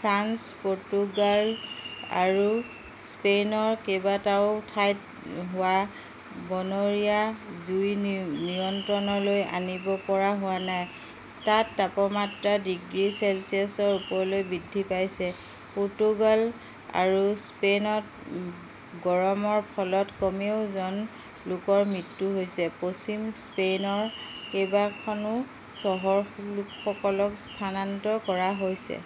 France, Portugal আৰু স্পেইনৰ কেইবাটাও ঠাইত হোৱা বনৰীয়া জুই নিয়ন্ত্ৰণলৈ আনিব পৰা হোৱা নাই। তাত তাপমাত্ৰা ডিগ্ৰী চেলছিয়াছৰ ওপৰলৈ বৃদ্ধি পাইছে। পোৰ্টুগাল আৰু স্পেনত গৰমৰ ফলত কমেও জন লোকৰ মৃত্যু হৈছে। পশ্চিম স্পেইনৰ কেইবাখনো চহৰৰ লোকসকলক স্থানান্তৰ কৰা হৈছে।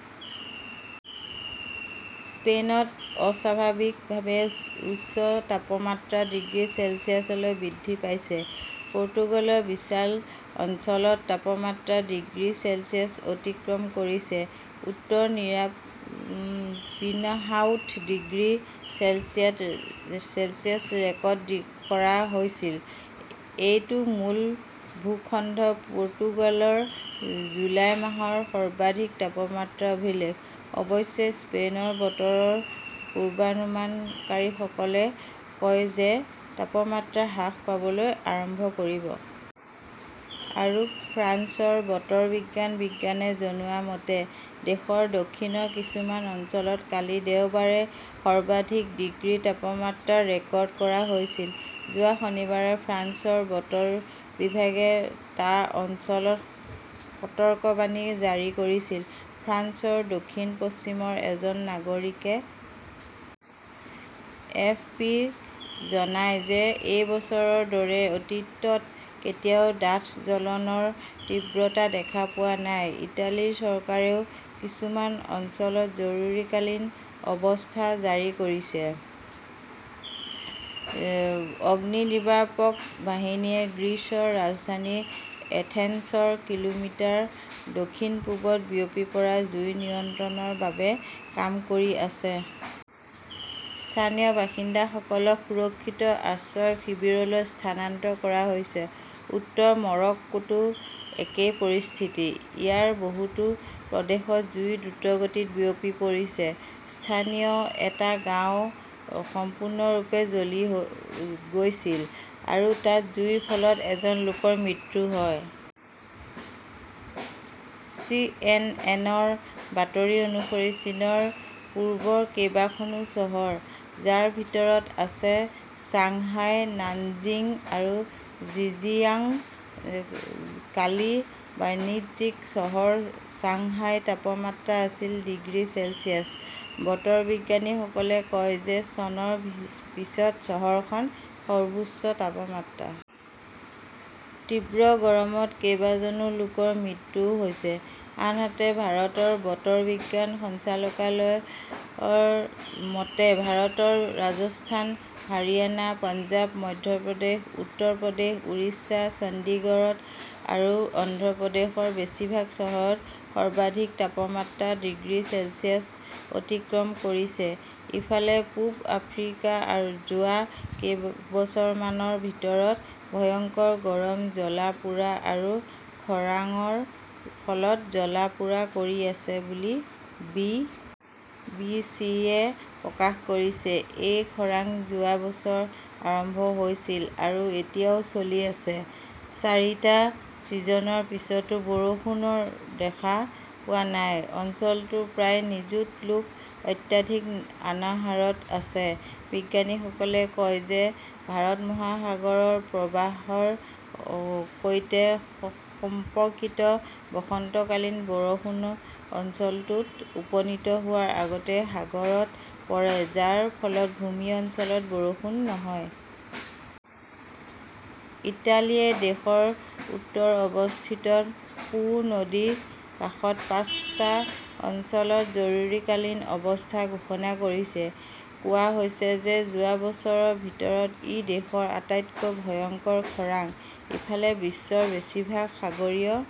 স্পেইনত অস্বাভাৱিকভাৱে উচ্চ তাপমাত্ৰা ডিগ্ৰী চেলছিয়াছলৈ বৃদ্ধি পাইছে। পৰ্তুগালৰ বিশাল অঞ্চলত তাপমাত্ৰা ডিগ্ৰী চেলছিয়াছ অতিক্ৰম কৰিছে। উত্তৰৰ পিনহাওত ডিগ্ৰী চেলছিয়াছ ৰেকৰ্ড কৰা হৈছিল। এইটো মূল ভূখণ্ড পৰ্তুগালৰ জুলাই মাহৰ সৰ্বাধিক তাপমাত্ৰাৰ অভিলেখ। অৱশ্যে, স্পেইনৰ বতৰৰ পূৰ্বানুমানকাৰীসকলে কয় যে তাপমাত্ৰা হ্ৰাস পাবলৈ আৰম্ভ কৰিব। আৰু ফ্ৰান্সৰ বতৰ বিজ্ঞান বিভাগে জনোৱা মতে, দেশৰ দক্ষিণৰ কিছুমান অঞ্চলত কালি দেওবাৰে সৰ্বাধিক ডিগ্ৰী তাপমাত্ৰা ৰেকৰ্ড কৰা হৈছিল। যোৱা শনিবাৰে ফ্ৰান্সৰ বতৰ বিভাগে টা অঞ্চলত সতৰ্কবাণী জাৰি কৰিছিল। ফ্ৰান্সৰ দক্ষিণ-পশ্চিমৰ এজন নাগৰিকে এ. এফ. পি. -ক জনায় যে এই বছৰৰ দৰে অতীতত কেতিয়াও ডাঠ জ্বলনৰ তীব্ৰতা দেখা পোৱা নাই। ইটালীৰ চৰকাৰেও কিছুমান অঞ্চলত জৰুৰীকালীন অৱস্থা জাৰি কৰিছে। অগ্নিনিৰ্বাপক বাহিনীয়ে গ্ৰীচৰ ৰাজধানী এথেন্সৰ কিলোমিটাৰ দক্ষিণ-পূবত বিয়পি পৰা জুই নিয়ন্ত্ৰণৰ বাবে কাম কৰি আছে। স্থানীয় বাসিন্দাসকলক সুৰক্ষিত আশ্ৰয় শিবিৰলৈ স্থানান্তৰ কৰা হৈছে। উত্তৰ মৰক্কোতো একেই পৰিস্থিতি। ইয়াৰ বহুতো প্ৰদেশত জুই দ্ৰুতগতিত বিয়পি পৰিছে। স্থানীয় এটা গাঁৱ সম্পূৰ্ণৰূপে জ্বলি গৈছিল। আৰু তাত জুইৰ ফলত এজন লোকৰ মৃত্যু হয়। চি. এন. এন. -ৰ বাতৰি অনুসৰি, চীনৰ পূবৰ কেইবাখনো চহৰ, যাৰ ভিতৰত আছে চাংহাই, নানজিং আৰু জিজিয়াং। কালি বাণিজ্যিক চহৰ চাংহাইৰ তাপমাত্ৰা আছিল ডিগ্ৰী চেলছিয়াছ। বতৰ বিজ্ঞানীসকলে কয় যে চনৰ পিছত চহৰখনৰ সৰ্বোচ্চ তাপমাত্ৰা। তীব্ৰ গৰমত কেইবাজনো লোকৰ মৃত্যুও হৈছে। আনহাতে ভাৰতৰ বতৰ বিজ্ঞান সঞ্চালকালয়ৰ মতে, ভাৰতৰ ৰাজস্থান, হাৰিয়ানা, পঞ্জাৱ, মধ্যপ্ৰদেশ, উত্তৰ প্ৰদেশ, উৰিষ্যা, ছত্তীশগড় আৰু অন্ধ্ৰ প্ৰদেশৰ বেছিভাগ চহৰত সৰ্বাধিক তাপমাত্ৰা ডিগ্ৰী চেলছিয়াছ অতিক্ৰম কৰিছে। ইফালে, পূব আফ্ৰিকা যোৱা কেইবছৰমানৰ ভিতৰত ভয়ংকৰ গৰম জ্বলা-পোৰা আৰু খৰাংৰ ফলত জ্বলা-পোৰা কৰি আছে বুলি বি. বি. চি. -য়ে প্ৰকাশ কৰিছে। এই খৰাং যোৱা বছৰ আৰম্ভ হৈছিল আৰু এতিয়াও চলি আছে। চাৰিটা ছিজনৰ পিছতো বৰষুণ দেখা পোৱা নাযায়। অঞ্চলটোৰ প্ৰায় নিযুত লোক অত্যাধিক অনাহাৰত আছে। বিজ্ঞানীসকলে কয় যে ভাৰত মহাসাগৰৰ প্ৰবাহৰ সৈতে সম্পৰ্কিত বসন্তকালীন বৰষুণ অঞ্চলটোত উপনীত হোৱাৰ আগতেই সাগৰত পৰে, যাৰ ফলত ভূমি অঞ্চলত বৰষুণ নহয়। ইটালীয়ে দেশৰ উত্তৰে অৱস্থিত 'পো "নদীৰ কাষৰ পাঁচটা অঞ্চলত জৰুৰীকালীন অৱস্থা ঘোষণা কৰিছে। কোৱা হৈছে যে যোৱা বছৰৰ ভিতৰত ই দেশৰ আটাইতকৈ ভয়ংকৰ খৰাং। ইফালে, বিশ্বৰ বেছিভাগ সাগৰীয়